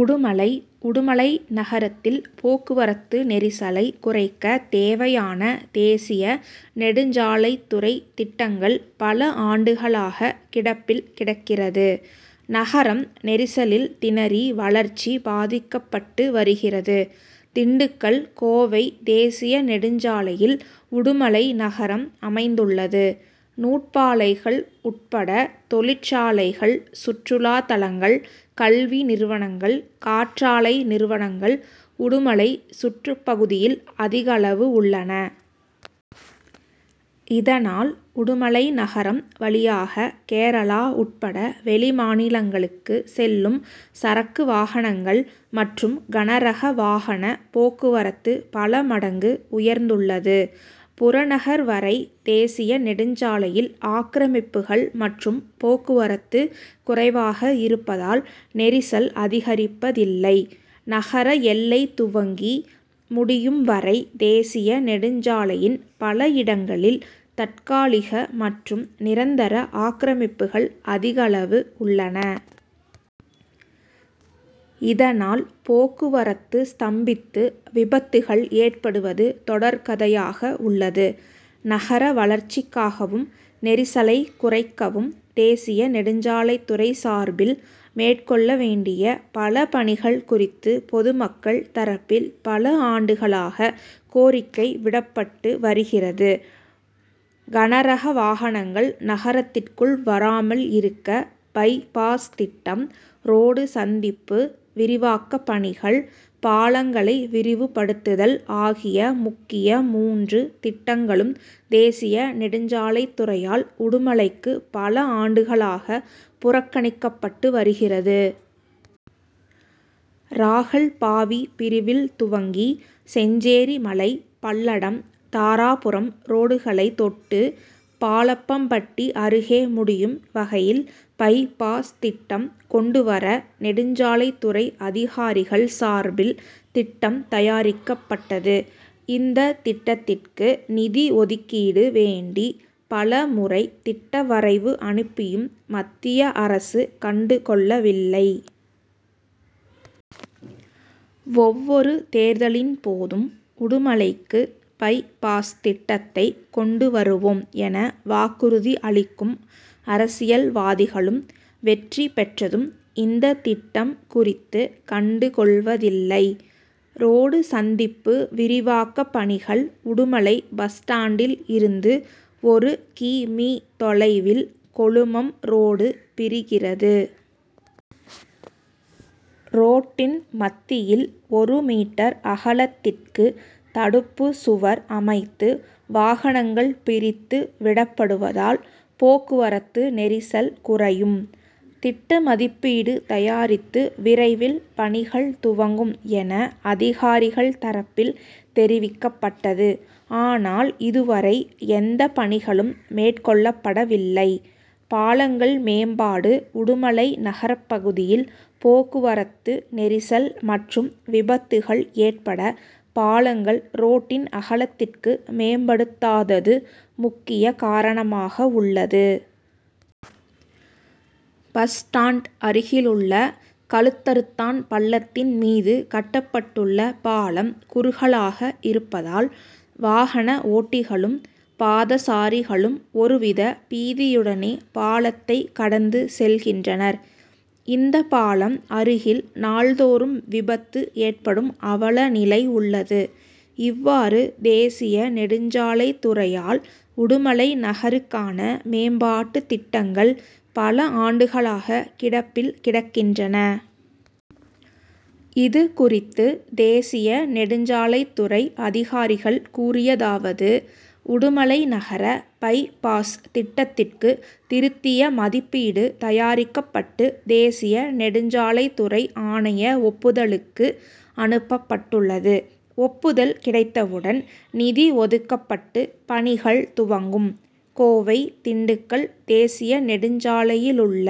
உடுமலை உடுமலை நகரத்தில் போக்குவரத்து நெரிசலை குறைக்க தேவையான தேசிய நெடுஞ்சாலைத்துறை திட்டங்கள் பல ஆண்டுகளாக கிடப்பில் கிடக்கிறது. நகரம் நெரிசலில் திணறி வளர்ச்சி பாதிக்கப்பட்டு வருகிறது. திண்டுக்கல்- கோவை தேசிய நெடுஞ்சாலையில் உடுமலை நகரம் அமைந்துள்ளது. நூற்பாலைகள் உட்பட தொழிற் சாலைகள், சுற்றுலா தலங்கள், கல்வி நிறுவனங்கள், காற்றாலை நிறுவனங்கள் உடுமலை சுற்றுப்பகுதியில் அதிகளவு உள்ளன. இதனால், உடுமலை நகரம் வழியாக கேரளா உட்பட வெளிமாநிலங்களுக்கு செல்லும் சரக்கு வாகனங்கள் மற்றும், கனரகவாகன போக்குவரத்து பல மடங்கு உயர்ந்துள்ளது. புறநகர் வரை தேசிய நெடுஞ்சாலையில் ஆக்கிரமிப்புகள் மற்றும் போக்குவரத்து குறைவாக இருப்பதால் நெரிசல் அதிகரிப்பதில்லை. நகர எல்லை துவங்கி முடியும் வரை தேசிய நெடுஞ்சாலையின் பல இடங்களில் தற்காலிக மற்றும் நிரந்தர ஆக்கிரமிப்புகள் அதிகளவு உள்ளன. இதனால், போக்குவரத்து ஸ்தம்பித்து விபத்துகள் ஏற்படுவது தொடர்கதையாக உள்ளது. நகர வளர்ச்சிக்காகவும், நெரிசலை குறைக் கவும் தேசிய நெடுஞ்சாலைத்துறை சார்பில் மேற்கொள்ள வேண்டிய பல பணிகள் குறித்து பொதுமக்கள் தரப்பில் பல ஆண்டுகளாக கோரிக்கை விடப்பட்டு வருகிறது. கனரக வாகனங்கள் நகரத்திற்குள் வராமல் இருக்க பை-பாஸ் திட்டம், ரோடு சந்திப்பு விரிவாக்க பணிகள், பாலங்களை விரிவுபடுத்துதல் ஆகிய முக்கிய மூன்று திட்டங்களும் தேசிய நெடுஞ்சாலைத்துறையால் உடுமலைக்கு பல ஆண்டுகளாக புறக்கணிக்கப்பட்டு வருகிறது. ராகல்பாவி பிரிவில் துவங்கி செஞ்சேரிமலை, பல்லடம், தாராபுரம் ரோடுகளை தொட்டு பாலப்பம்பட்டி அருகே முடியும் வகையில் பை-பாஸ் திட்டம் கொண்டு வர நெடுஞ் சாலைத்துறை அதிகாரிகள் சார்பில் திட்டம் தயாரிக்கப்பட்டது. இந்த திட்டத்திற்கு நிதி ஒதுக்கீடு வேண்டி பல முறை திட்ட வரைவு அனுப்பியும் மத்திய அரசு கண்டுகொள்ள வில்லை. ஒவ்வொரு தேர்தலின் போதும் உடுமலைக்கு பை-பாஸ் திட்டத்தை கொண்டு வருவோம் என வாக்குறுதி அளிக்கும் அரசியல்வாதிகளும் வெற்றி பெற்றதும் இந்த திட்டம் குறித்து கண்டுகொள்வதில்லை. ரோடு சந்திப்பு விரிவாக்க பணிகள் உடுமலை பஸ் ஸ்டாண்டில் இருந்து ஒரு கி. மீ., தொலைவில் கொழுமம் ரோடு பிரிகிறது. ரோட்டின் மத்தியில் ஒரு மீட்டர் அகலத்திற்கு தடுப்பு சுவர் அமைத்து வாகனங்கள் பிரித்து விடப்படுவதால் போக்குவரத்து நெரிசல் குறையும்; திட்டமதிப்பீடு தயாரித்து விரைவில் பணிகள் துவங்கும் என அதிகாரிகள் தரப்பில் தெரிவிக்கப்பட்டது. ஆனால், இதுவரை எந்த பணிகளும் மேற்கொள்ளப்படவில்லை. பாலங்கள் மேம்பாடு உடுமலை நகரப்பகுதியில் போக்குவரத்து நெரிசல் மற்றும் விபத்துகள் ஏற்பட பாலங்கள் ரோட்டின் அகலத்திற்கு மேம்படுத்தாதது முக்கிய காரணமாக உள்ளது. பஸ் ஸ்டாண்ட் அருகிலுள்ள கழுத்தறுத்தான் பள்ளத்தின் மீது கட்டப்படுள்ள பாலம் குறுகலாக இருப்பதால் வாகன ஓட்டிகளும், பாதசாரிகளும் ஒரு வித பீதியுடனே பாலத்தை கடந்து செல்கின்றனர். இந்த பாலம் அருகில் நாள்தோறும் விபத்து ஏற்படும் அவல நிலை உள்ளது. இவ்வாறு தேசிய நெடுஞ்சாலைத்துறையால் உடுமலை நகருக்கான மேம்பாட்டு திட்டங்கள் பல ஆண்டுகளாக கிடப்பில் கிடக்கின்றன. இது குறித்து தேசிய நெடுஞ்சாலைத்துறை அதிகாரிகள் கூறியதாவது உடுமலை நகர பை-பாஸ் திட்டத்திற்கு திருத்திய மதிப்பீடு தயாரிக்கப்பட்டு தேசிய நெடுஞ்சாலைத்துறை ஆணைய ஒப்புதலுக்கு அனுப்பப்பட்டுள்ளது. ஒப்புதல் கிடைத்தவுடன் நிதி ஒதுக்கப்பட்டு பணிகள் துவங்கும். கோவை-திண்டுக்கல் தேசிய நெடுஞ்சாலையிலுள்ள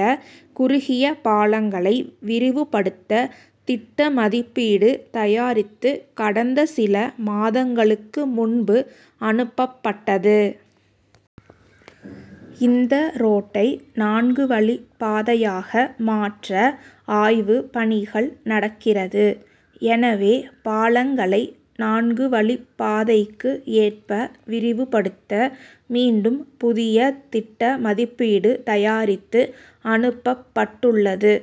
குறுகிய பாலங்களை விரிவுபடுத்த திட்ட மதிப்பீடு தயாரித்து கடந்த சில மாதங்களுக்கு முன்பு அனுப்பப்பட்டது. இந்த ரோட்டை நான்கு வழிப்பாதையாக மாற்ற ஆய்வு பணிகள் நடக்கிறது. எனவே பாலங்களை நான்கு வழிப்பாதைக்கு ஏற்ப விரிவுபடுத்த மீண்டும் புதிய திட்ட மதிப்பீடு தயாரித்து அனுப்பப் பட்டுள்ளது.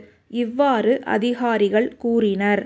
இவ்வாறு அதிகாரிகள் கூறினர்.